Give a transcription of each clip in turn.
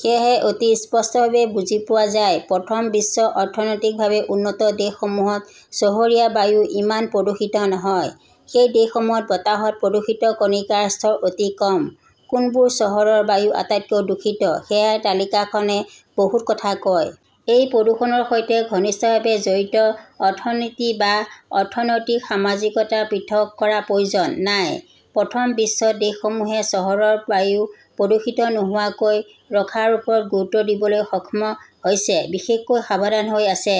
সেয়েহে অতি স্পষ্টভাৱে বুজি পোৱা যায়, প্ৰথম বিশ্বৰ অৰ্থনৈতিকভাৱে উন্নত দেশসমূহত চহৰীয়া বায়ু ইমান প্ৰদূষিত নহয়। সেই দেশসমূহত বতাহত প্ৰদূষিত কণিকাৰ স্তৰ অতি কম। কোনবোৰ চহৰৰ বায়ু আটাইতকৈ দূষিত, সেয়া তালিকাখনে বহুত কথা কয়। এই প্ৰদূষণৰ সৈতে ঘনিষ্ঠভাৱে জড়িত অৰ্থনীতি বা অৰ্থনৈতিক-সামাজিকতা পৃথক কৰাৰ প্ৰয়োজন নাই। প্ৰথম বিশ্বৰ দেশসমূহে চহৰৰ বায়ু প্ৰদূষিত নোহোৱাকৈ ৰখাৰ ওপৰত গুৰুত্ব দিবলৈ সূক্ষ্ম হৈছে, বিশেষকৈ সাৱধান হৈ আছে।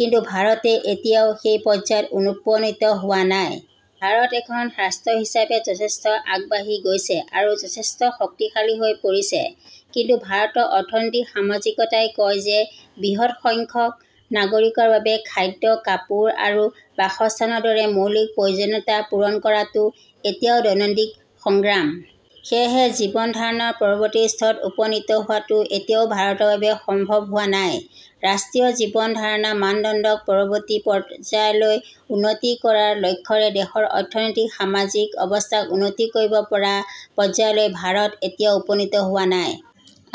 কিন্তু ভাৰতে এতিয়াও সেই পৰ্যায়ত উপনীত হোৱা নাই। ভাৰত এখন ৰাষ্ট্ৰ হিচাপে যথেষ্ট আগবাঢ়ি গৈছে আৰু যথেষ্ট শক্তিশালী হৈ পৰিছে। কিন্তু ভাৰতৰ অৰ্থনৈতিক-সামাজিকতাই কয় যে, বৃহৎ সংখ্যক নাগৰিকৰ বাবে খাদ্য, কাপোৰ আৰু বাসস্থানৰ দৰে মৌলিক প্ৰয়োজনীয়তা পূৰণ কৰাটো এতিয়াও দৈনন্দিন সংগ্ৰাম। সেয়েহে জীৱন ধাৰণৰ পৰৱৰ্তী স্তৰত উপনীত হোৱাটো এতিয়াও ভাৰতৰ বাবে সম্ভৱ হোৱা নাই। ৰাষ্ট্ৰীয় জীৱন ধাৰণৰ মানদণ্ডক পৰৱৰ্তী পৰ্যায়লৈ উন্নীত কৰাৰ লক্ষ্যৰে দেশৰ অৰ্থনৈতিক-সামাজিক অৱস্থা উন্নীত কৰিব পৰা পৰ্যায়লৈ ভাৰত এতিয়াও উপনীত হোৱা নাই।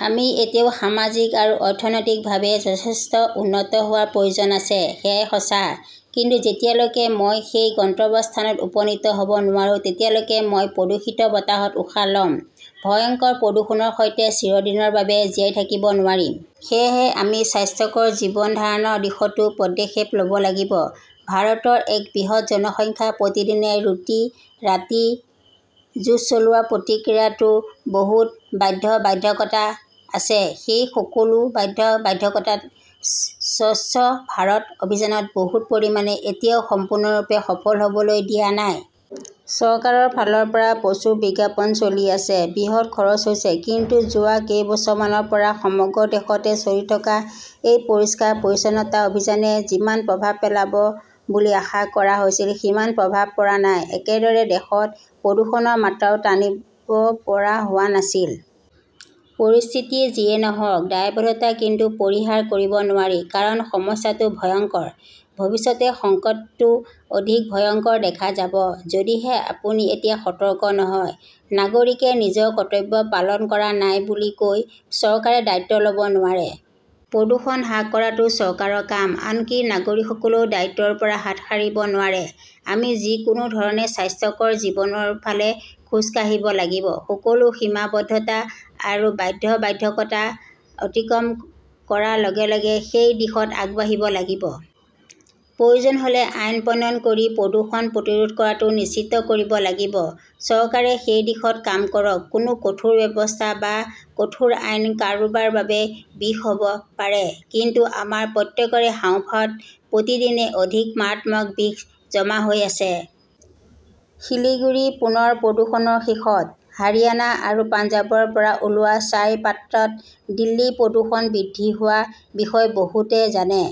আমি এতিয়াও সামাজিক আৰু অৰ্থনৈতিকভাৱে যথেষ্ট উন্নত হোৱাৰ প্ৰয়োজন আছে, সেয়া সঁচা। কিন্তু যেতিয়ালৈকে মই সেই গন্তব্যস্থানত উপনীত হব নোৱাৰোঁ, তেতিয়ালৈকে মই প্ৰদূষিত বতাহত উশাহ লম। ভয়ংকৰ প্ৰদূষণৰ সৈতে চিৰদিনৰ বাবে জীয়াই থাকিব নোৱাৰিম। সেয়েহে আমি স্বাস্থ্যকৰ জীৱন ধাৰণৰ দিশতো পদক্ষেপ লব লাগিব। ভাৰতৰ এক বৃহৎ জনসংখ্যা প্ৰতিদিনে ৰুটি-ৰাতিৰ যুঁজ চলোৱাৰ প্ৰক্ৰিয়াটোৰ বহুত বাধ্যবাধকতা আছে। সেই সকলো বাধ্যবাধকতাই স্বচ্ছ ভাৰত অভিযানক বহু পৰিমাণে এতিয়াও সম্পূৰ্ণৰূপে সফল হবলৈ দিয়া নাই। চৰকাৰৰ ফালৰ পৰা প্ৰচুৰ বিজ্ঞাপন চলি আছে, বৃহৎ খৰচ হৈছে, কিন্তু যোৱা কেইবছৰমানৰ পৰা সমগ্ৰ দেশতে চলি থকা এই পৰিষ্কাৰ-পৰিচ্ছন্নতা অভিযানে যিমান প্ৰভাৱ পেলাব বুলি আশা কৰা হৈছিল, সিমান প্ৰভাৱ পৰা নাই। একেদৰে, দেশত প্ৰদূষণৰ মাত্ৰাও টানিব পৰা হোৱা নাছিল। পৰিস্থিতি যিয়েই নহওঁক, দায়বদ্ধতা কিন্তু পৰিহাৰ কৰিব নোৱাৰি। কাৰণ সমস্যাটো ভয়ংকৰ। ভৱিষ্যতে সংকটটো অধিক ভয়ংকৰ দেখা যাব, যদিহে আপুনি এতিয়া সতৰ্ক নহয়। নাগৰিকে নিজৰ কৰ্তব্য পালন কৰা নাই বুলি কৈ চৰকাৰে দায়িত্ব লব নোৱাৰে। প্ৰদূষণ হ্ৰাস কৰাটো চৰকাৰৰ কাম, আনকি নাগৰিকসকলেও দায়িত্বৰ পৰা হাত সাৰিব নোৱাৰে। আমি যিকোনো ধৰণে স্বাস্থ্যকৰ জীৱনৰ ফালে খোজ কাঢ়িব লাগিব। সকলো সীমাবদ্ধতা আৰু বাধ্যবাধকতা অতিক্ৰম কৰাৰ লগে লগে সেই দিশত আগবাঢ়িব লাগিব। প্ৰয়োজন হলে আইন প্ৰণয়ন কৰি প্ৰদূষণ প্ৰতিৰোধ কৰাটো নিশ্চিত কৰিব লাগিব। চৰকাৰে সেই দিশত কাম কৰক। কোনো কঠোৰ ব্যৱস্থা বা কঠোৰ আইন কাৰোবাৰ বাবে বিষ হব পাৰে। কিন্তু আমাৰ প্ৰত্যেকৰে হাঁওফাঁওত প্ৰতিদিনে অধিক মাৰাত্মক বিষ জমা হৈ আছে। শিলিগুৰি পুনৰ প্ৰদূষণৰ শীৰ্ষত । হাৰিয়ানা আৰু পঞ্জাৱৰ পৰা ওলোৱা ছাইৰ পাত্ৰত দিল্লীৰ প্ৰদূষণ বৃদ্ধি হোৱাৰ বিষয়ে বহুতে জানে।